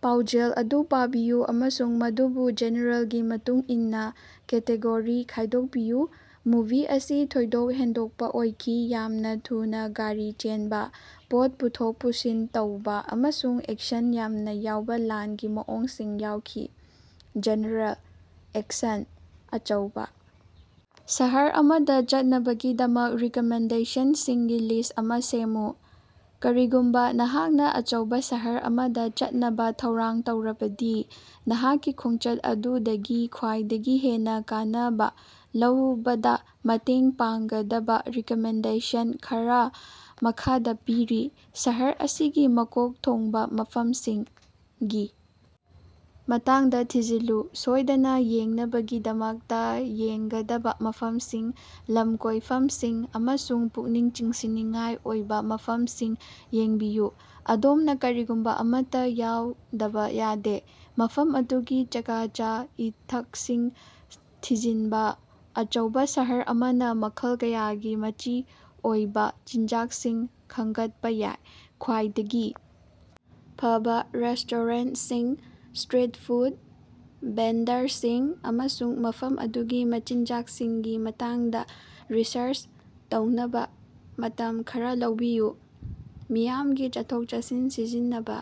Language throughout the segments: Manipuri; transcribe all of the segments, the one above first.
ꯄꯥꯎꯖꯦꯜ ꯑꯗꯨ ꯄꯥꯕꯤꯌꯨ ꯑꯃꯁꯨꯡ ꯃꯗꯨꯕꯨ ꯖꯦꯅꯔꯦꯜꯒꯤ ꯃꯇꯨꯡ ꯏꯟꯅ ꯀꯦꯇꯦꯒꯣꯔꯤ ꯈꯥꯏꯗꯣꯛꯄꯤꯌꯨ꯫ ꯃꯨꯚꯤ ꯑꯁꯤ ꯊꯣꯏꯗꯣꯛ ꯍꯦꯟꯗꯣꯛꯄ ꯑꯣꯏꯈꯤ, ꯌꯥꯝꯅ ꯊꯨꯅ ꯒꯥꯔꯤ ꯆꯦꯟꯕ, ꯄꯣꯠ ꯄꯨꯊꯣꯛ ꯄꯨꯁꯤꯟ ꯇꯧꯕ ꯑꯃꯁꯨꯡ ꯑꯦꯛꯁꯟ ꯌꯥꯝꯅ ꯌꯥꯎꯕ ꯂꯥꯟꯒꯤ ꯃꯑꯣꯡꯁꯤꯡ ꯌꯥꯎꯈꯤ꯫ General: action. ꯑꯆꯧꯕ ꯁꯍꯔ ꯑꯃꯗ ꯆꯠꯅꯕꯒꯤꯗꯃꯛ ꯔꯤꯀꯃꯦꯟꯗꯦꯁꯟꯁꯤꯡꯒꯤ ꯂꯤꯁ ꯑꯃ ꯁꯦꯝꯃꯨ꯫ ꯀꯔꯤꯒꯨꯝꯕ ꯅꯍꯥꯛꯅ ꯑꯆꯧꯕ ꯁꯍꯔ ꯑꯃꯗ ꯆꯠꯅꯕ ꯊꯧꯔꯥꯡ ꯇꯧꯔꯕꯗꯤ, ꯅꯍꯥꯛꯀꯤ ꯈꯣꯡꯆꯠ ꯑꯗꯨꯗꯒꯤ ꯈ꯭ꯋꯥꯏꯗꯒꯤ ꯍꯦꯟꯅ ꯀꯥꯟꯅꯕ ꯂꯧꯕꯗ ꯃꯇꯦꯡ ꯄꯥꯡꯒꯗꯕ ꯔꯤꯀꯃꯦꯟꯗꯦꯁꯟ ꯈꯔ ꯃꯈꯥꯗ ꯄꯤꯔꯤ: ꯁꯍꯔ ꯑꯁꯤꯒꯤ ꯃꯀꯣꯛ ꯊꯣꯡꯕ ꯃꯐꯝꯁꯤꯡꯒꯤ ꯃꯇꯥꯡꯗ ꯊꯤꯖꯤꯜꯂꯨ: ꯁꯣꯏꯗꯅ ꯌꯦꯡꯅꯕꯒꯤꯗꯃꯛꯇ ꯌꯦꯡꯒꯗꯕ ꯃꯐꯝꯁꯤꯡ, ꯂꯝꯀꯣꯏꯐꯝꯁꯤꯡ ꯑꯃꯁꯨꯡ ꯄꯨꯛꯅꯤꯡ ꯆꯤꯡꯁꯤꯟꯅꯤꯡꯉꯥꯏ ꯑꯣꯏꯕ ꯃꯐꯝꯁꯤꯡ ꯌꯦꯡꯕꯤꯌꯨ꯫ ꯑꯗꯣꯝꯅ ꯀꯔꯤꯒꯨꯝꯕ ꯑꯃꯠꯇ ꯌꯥꯎꯗꯕ ꯌꯥꯗꯦ꯫ ꯃꯐꯝ ꯑꯗꯨꯒꯤ ꯆꯥꯛꯆꯥ-ꯏꯊꯛꯁꯤꯡ ꯊꯤꯖꯤꯟꯕ: ꯑꯆꯧꯕ ꯁꯍꯔ ꯑꯃꯅ ꯃꯈꯜ ꯀꯌꯥꯒꯤ ꯃꯆꯤ ꯑꯣꯏꯕ ꯆꯤꯟꯖꯥꯛꯁꯤꯡ ꯈꯟꯒꯠꯄ ꯌꯥꯏ꯫ ꯈ꯭ꯋꯥꯏꯗꯒꯤ ꯐꯕ ꯔꯦꯁ꯭ꯇꯣꯔꯦꯟꯠꯁꯤꯡ, ꯁ꯭ꯇꯔꯤꯠ ꯐꯨꯗ ꯚꯦꯟꯗꯔꯁꯤꯡ, ꯑꯃꯁꯨꯡ ꯃꯐꯝ ꯑꯗꯨꯒꯤ ꯃꯆꯤꯟꯖꯥꯛꯁꯤꯡꯒꯤ ꯃꯇꯥꯡꯗ ꯔꯤꯁꯔꯆ ꯇꯧꯅꯕ ꯃꯇꯝ ꯈꯔꯥ ꯂꯧꯕꯤꯌꯨ꯫ ꯃꯤꯌꯥꯝꯒꯤ ꯆꯠꯊꯣꯛ-ꯆꯠꯁꯤꯟ ꯁꯤꯖꯤꯟꯅꯕ: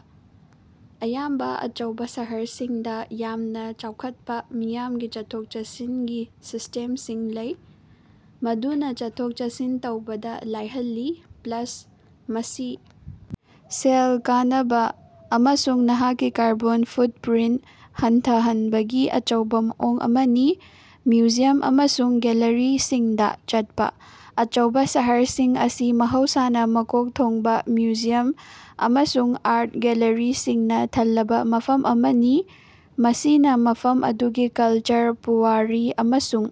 ꯑꯌꯥꯝꯕ ꯑꯆꯧꯕ ꯁꯍꯔꯁꯤꯡꯗ ꯌꯥꯝꯅ ꯆꯥꯎꯈꯠꯄ ꯃꯤꯌꯥꯝꯒꯤ ꯆꯠꯊꯣꯛ-ꯆꯠꯁꯤꯟꯒꯤ ꯁꯤꯁꯇꯦꯝꯁꯤꯡ ꯂꯩ, ꯃꯗꯨꯅ ꯆꯠꯊꯣꯛ-ꯆꯠꯁꯤꯟ ꯇꯧꯕꯗ ꯂꯥꯏꯍꯜꯂꯤ꯫ ꯄ꯭ꯂꯥꯁ, ꯃꯁꯤ ꯁꯦꯜ ꯀꯅꯕ ꯑꯃꯁꯨꯡ ꯅꯍꯥꯛꯀꯤ ꯀꯥꯔꯕꯣꯟ ꯐꯨꯠꯄ꯭ꯔꯤꯟꯠ ꯍꯟꯊꯍꯟꯕꯒꯤ ꯑꯆꯧꯕ ꯃꯑꯣꯡ ꯑꯃꯅꯤ꯫ ꯃ꯭ꯌꯨꯖꯤꯌꯝ ꯑꯃꯁꯨꯡ ꯒꯦꯜꯂꯔꯤꯁꯤꯡꯗ ꯆꯠꯄ: ꯑꯆꯧꯕ ꯁꯍꯔꯁꯤꯡ ꯑꯁꯤ ꯃꯍꯧꯁꯥꯅ ꯃꯀꯣꯛ ꯊꯣꯡꯕ ꯃ꯭ꯌꯨꯖꯤꯌꯝ ꯑꯃꯁꯨꯡ ꯑꯥꯔꯠ ꯒꯦꯜꯂꯔꯤꯁꯤꯡꯅ ꯊꯜꯂꯕ ꯃꯐꯝ ꯑꯃꯅꯤ, ꯃꯁꯤꯅ ꯃꯐꯝ ꯑꯗꯨꯒꯤ ꯀꯜꯆꯔ, ꯄꯨꯋꯥꯔꯤ ꯑꯃꯁꯨꯡ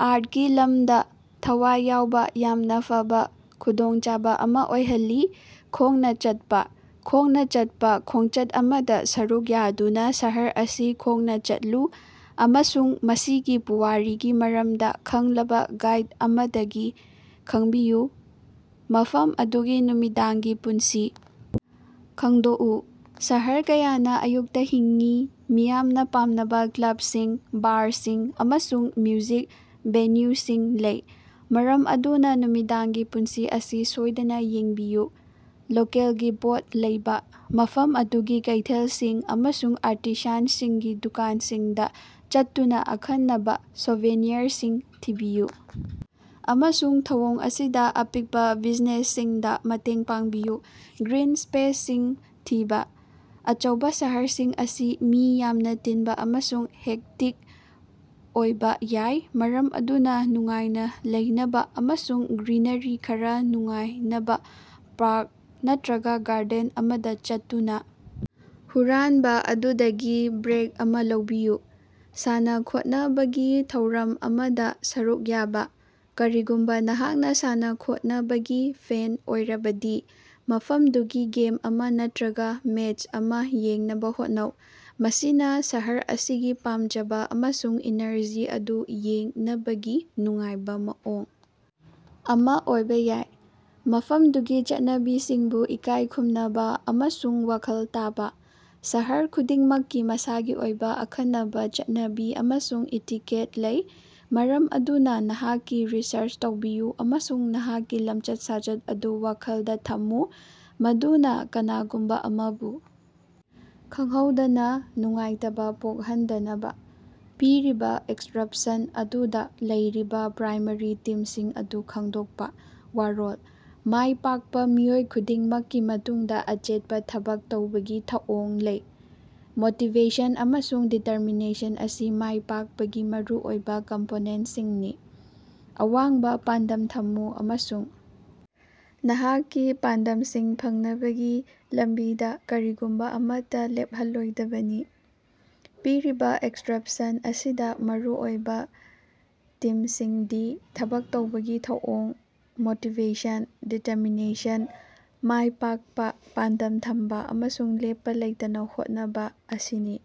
ꯑꯥꯔꯠꯀꯤ ꯂꯝꯗ ꯊꯋꯥꯏ ꯌꯥꯎꯕ ꯌꯥꯝꯅ ꯐꯕ ꯈꯨꯗꯣꯡꯆꯥꯕ ꯑꯃ ꯑꯣꯏꯍꯜꯂꯤ꯫ ꯈꯣꯡꯅ ꯆꯠꯄ: ꯈꯣꯡꯅ ꯆꯠꯄ ꯈꯣꯡꯆꯠ ꯑꯃꯗ ꯁꯔꯨꯛ ꯌꯥꯗꯨꯅ ꯁꯍꯔ ꯑꯁꯤ ꯈꯣꯡꯅ ꯆꯠꯂꯨ ꯑꯃꯁꯨꯡ ꯃꯁꯤꯒꯤ ꯄꯨꯋꯥꯔꯤꯒꯤ ꯃꯔꯝꯗ ꯈꯪꯂꯕ ꯒꯥꯏꯗ ꯑꯃꯗꯒꯤ ꯈꯪꯕꯤꯌꯨ꯫ ꯃꯐꯝ ꯑꯗꯨꯒꯤ ꯅꯨꯃꯤꯗꯥꯡꯒꯤ ꯄꯨꯟꯁꯤ ꯈꯪꯗꯣꯛꯎ: ꯁꯍꯔ ꯀꯌꯥꯅ ꯑꯌꯨꯛꯇ ꯍꯤꯡꯏ, ꯃꯤꯌꯥꯝꯅ ꯄꯥꯝꯅꯕ ꯀ꯭ꯂꯕꯁꯤꯡ, ꯕꯥꯔꯁꯤꯡ, ꯑꯃꯁꯨꯡ ꯃ꯭ꯌꯨꯖꯤꯛ ꯚꯦꯅ꯭ꯌꯨꯁꯤꯡ ꯂꯩ, ꯃꯔꯝ ꯑꯗꯨꯅ ꯅꯨꯃꯤꯗꯥꯡꯒꯤ ꯄꯨꯟꯁꯤ ꯑꯁꯤ ꯁꯣꯏꯗꯅ ꯌꯦꯡꯕꯤꯌꯨ꯫ ꯂꯣꯀꯦꯜꯒꯤ ꯄꯣꯠ ꯂꯩꯕ: ꯃꯐꯝ ꯑꯗꯨꯒꯤ ꯀꯩꯊꯦꯜꯁꯤꯡ ꯑꯃꯁꯨꯡ ꯑꯥꯔꯇꯤꯁꯥꯟꯁꯤꯡꯒꯤ ꯗꯨꯀꯥꯟꯁꯤꯡꯗ ꯆꯠꯇꯨꯅ ꯑꯈꯟꯅꯕ ꯁꯣꯚꯦꯅꯤꯌꯔꯁꯤꯡ ꯊꯤꯕꯤꯌꯨ, ꯑꯃꯁꯨꯡ ꯊꯧꯑꯣꯡ ꯑꯁꯤꯗ ꯑꯄꯤꯛꯄ ꯕꯤꯖꯤꯅꯦꯁꯁꯤꯡꯗ ꯃꯇꯦꯡ ꯄꯥꯡꯕꯤꯌꯨ꯫ ꯒ꯭ꯔꯤꯟ ꯁ꯭ꯄꯦꯁꯁꯤꯡ ꯊꯤꯕ: ꯑꯆꯧꯕ ꯁꯍꯔꯁꯤꯡ ꯑꯁꯤ ꯃꯤ ꯌꯥꯝꯅ ꯇꯤꯟꯕ ꯑꯃꯁꯨꯡ ꯍꯦꯛꯇꯤꯛ ꯑꯣꯏꯕ ꯌꯥꯏ, ꯃꯔꯝ ꯑꯗꯨꯅ ꯅꯨꯡꯉꯥꯏꯅ ꯂꯩꯅꯕ ꯑꯃꯁꯨꯡ ꯒ꯭ꯔꯤꯅꯔꯤ ꯈꯔ ꯅꯨꯡꯉꯥꯏꯅꯕ ꯄꯥꯔꯛ ꯅꯠꯇ꯭ꯔꯒ ꯒꯥꯔꯗꯦꯟ ꯑꯃꯗ ꯆꯠꯇꯨꯅ ꯍꯨꯔꯥꯟꯕ ꯑꯗꯨꯗꯒꯤ ꯕ꯭ꯔꯦꯛ ꯑꯃ ꯂꯧꯕꯤꯌꯨ꯫ ꯁꯥꯟꯅ-ꯈꯣꯠꯅꯕꯒꯤ ꯊꯧꯔꯝ ꯑꯃꯗ ꯁꯔꯨꯛ ꯌꯥꯕ: ꯀꯔꯤꯒꯨꯝꯕ ꯅꯍꯥꯛꯅ ꯁꯥꯟꯅ-ꯈꯣꯠꯅꯕꯒꯤ ꯐꯦꯟ ꯑꯣꯏꯔꯕꯗꯤ, ꯃꯐꯝꯗꯨꯒꯤ ꯒꯦꯝ ꯑꯃ ꯅꯠꯇ꯭ꯔꯒ ꯃꯦꯆ ꯑꯃ ꯌꯦꯡꯅꯕ ꯍꯣꯠꯅꯧ, ꯃꯁꯤꯅ ꯁꯍꯔ ꯑꯁꯤꯒꯤ ꯄꯥꯝꯖꯕ ꯑꯃꯁꯨꯡ ꯏꯅꯔꯖꯤ ꯑꯗꯨ ꯌꯦꯡꯅꯕꯒꯤ ꯅꯨꯡꯉꯥꯏꯕ ꯃꯑꯣꯡ ꯑꯃ ꯑꯣꯏꯕ ꯌꯥꯏ꯫ ꯃꯐꯝꯗꯨꯒꯤ ꯆꯠꯅꯕꯤꯁꯤꯡꯕꯨ ꯏꯀꯥꯏ ꯈꯨꯝꯅꯕ ꯑꯃꯁꯨꯡ ꯋꯥꯈꯜ ꯇꯥꯕ: ꯁꯍꯔ ꯈꯨꯗꯤꯡꯃꯛꯀꯤ ꯃꯁꯥꯒꯤ ꯑꯣꯏꯕ ꯑꯈꯟꯅꯕ ꯆꯠꯅꯕꯤ ꯑꯃꯁꯨꯡ ꯏꯇꯤꯀꯦꯠ ꯂꯩ, ꯃꯔꯝ ꯑꯗꯨꯅ ꯅꯍꯥꯛꯀꯤ ꯔꯤꯁꯔꯆ ꯇꯧꯕꯤꯌꯨ ꯑꯃꯁꯨꯡ ꯅꯍꯥꯛꯀꯤ ꯂꯝꯆꯠ-ꯁꯥꯖꯠ ꯑꯗꯨ ꯋꯥꯈꯜꯗ ꯊꯝꯃꯨ ꯃꯗꯨꯅ ꯀꯅꯥꯒꯨꯝꯕ ꯑꯃꯕꯨ ꯈꯪꯍꯧꯗꯅ ꯅꯨꯡꯉꯥꯏꯇꯕ ꯄꯣꯛꯍꯟꯗꯅꯕ꯫ ꯄꯤꯔꯤꯕ ꯑꯦꯛꯁꯔꯞꯁꯟ ꯑꯗꯨꯗ ꯂꯩꯔꯤꯕ ꯄ꯭ꯔꯥꯏꯃꯥꯔꯤ ꯊꯤꯝꯁꯤꯡ ꯑꯗꯨ ꯈꯪꯗꯣꯛꯄ꯫ ꯋꯥꯔꯣꯜ: "ꯃꯥꯏꯄꯥꯛꯄ ꯃꯤꯑꯣꯏ ꯈꯨꯗꯤꯡꯃꯛꯀꯤ ꯃꯇꯨꯡꯗ ꯑꯆꯦꯠꯄ ꯊꯕꯛ ꯇꯧꯕꯒꯤ ꯊꯧꯑꯣꯡ ꯂꯩ꯫ ꯃꯣꯇꯤꯕꯦꯁꯟ ꯑꯃꯁꯨꯡ ꯗꯤꯇꯔꯃꯤꯅꯦꯁꯟ ꯑꯁꯤ ꯃꯥꯏ ꯄꯥꯛꯄꯒꯤ ꯃꯔꯨꯑꯣꯏꯕ ꯀꯝꯄꯣꯅꯦꯟꯠꯁꯤꯡꯅꯤ꯫ ꯑꯋꯥꯡꯕ ꯄꯥꯟꯗꯝ ꯊꯝꯃꯨ ꯑꯃꯁꯨꯡ ꯅꯍꯥꯛꯀꯤ ꯄꯥꯟꯗꯝꯁꯤꯡ ꯐꯪꯅꯕꯒꯤ ꯂꯝꯕꯤꯗ ꯀꯔꯤꯒꯨꯝꯕ ꯑꯃꯠꯇ ꯂꯦꯞꯍꯜꯂꯣꯏꯗꯕꯅꯤ꯫" ꯄꯤꯔꯤꯕ ꯑꯦꯛꯁꯄ꯭ꯔꯦꯁꯟ ꯑꯁꯤꯗ ꯃꯔꯨꯑꯣꯏꯕ ꯊꯤꯝꯁꯤꯡꯗꯤ: ꯊꯕꯛ ꯇꯧꯕꯒꯤ ꯊꯧꯑꯣꯡ, ꯃꯣꯇꯤꯚꯦꯁꯟ, ꯗꯤꯇꯔꯃꯤꯅꯦꯁꯟ, ꯃꯥꯏꯄꯥꯛꯄ, ꯄꯥꯟꯗꯝ ꯊꯝꯕ, ꯑꯃꯁꯨꯡ ꯂꯦꯞꯄ ꯂꯩꯇꯅ ꯍꯣꯠꯅꯕ ꯑꯁꯤꯅꯤ꯫